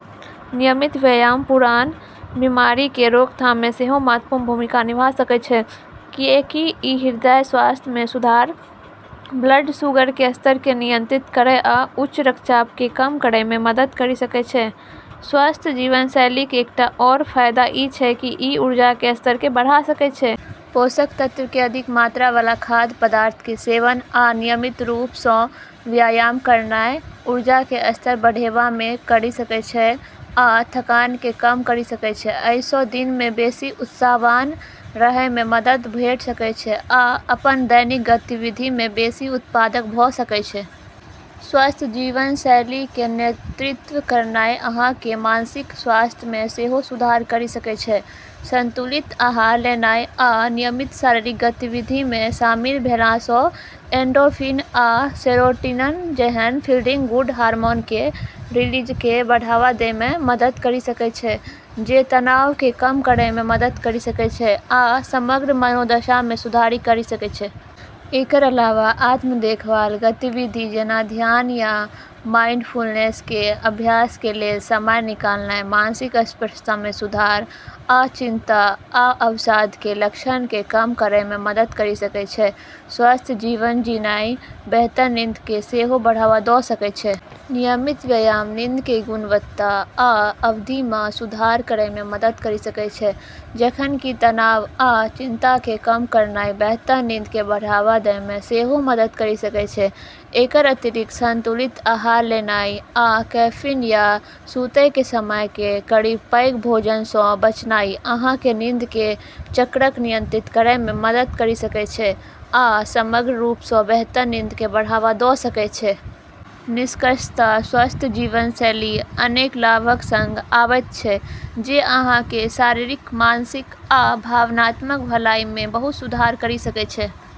नियमित व्यायाम पुरान बीमारिके रोकथाममे सेहो महत्वपूर्ण भूमिका निभा सकै छै, किएकि ई हृदय स्वास्थ्यमे सुधार, ब्लड शुगरके स्तरके नियंत्रित करै आ उच्च रक्तचापके कम करैमे मदद करि सकै छै। स्वस्थ जीवनशैलीके एकटा आओर फाइदा ई छै कि ई ऊर्जाके स्तरके बढ़ा सकै छै। पोषक तत्वके अधिक मात्राबला खाद्य पदार्थके सेवन आ नियमित रूपसँ व्यायाम करनाइ ऊर्जाके स्तर बढ़ेबामे करि सकै छै आ थकानके कम करि सकै। अइसँ दिनमे बेशी उत्साहवान रहैमे मदद भेट सकै छै आ अपन दैनिक गतिविधिमे बेशी उत्पादक भ' सकै छै। स्वस्थ जीवनशैलीके नेतृत्व करनाइ, अहाँके मानसिक स्वास्थ्यमे सेहो सुधार करि सकै छै। संतुलित आहार लेनाइ आ नियमित शारीरिक गतिविधिमे शामिल भेलासँ एंडोर्फिन आ सेरोटोनिन जेहन फीलिंग-गुड हार्मोनके रिलीजके बढ़ावा दैमे मदद करि सकै छै, जे तनावके कम करैमे मदद करि सकै छै आ समग्र मनोदशामे सुधार करि सकै छै। एकर अलावा, आत्म-देखभाल गतिविधि जेना धियान या माइंडफुलनेसके अभ्यासके लेल समय निकालनाइ मानसिक स्पष्टतामे सुधार आ चिंता आ अवसादके लक्षणके कम करैमे मदद करि सकै छै । स्वस्थ जीवन जीनाइ बेहतर नींदके सेहो बढ़ावा द' सकै छै। नियमित व्यायाम नींदके गुणवत्ता आ अवधिमे सुधार करैमे मदद करि सकै छै, जखन कि तनाव आ चिंताके कम करनाइ बेहतर नींदके बढ़ावा दैमे सेहो मदद करि सकै छै। एकर अतिरिक्त, संतुलित आहार लेनाइ आ कैफीन या सुतयके समयके करीब पैघ भोजनसँ बचनाइ अहाँके नींदके चक्रक नियंत्रित करैमे मदद करि सकै छै आ समग्र रूपसँ बेहतर नींदके बढ़ावा द' सकै छै। निष्कर्षतः, स्वस्थ जीवन शैली अनेक लाभक सङ्ग आबैत छै जे अहाँके शारीरिक, मानसिक आ भावनात्मक भलाइमे बहुत सुधार करि सकै छै ।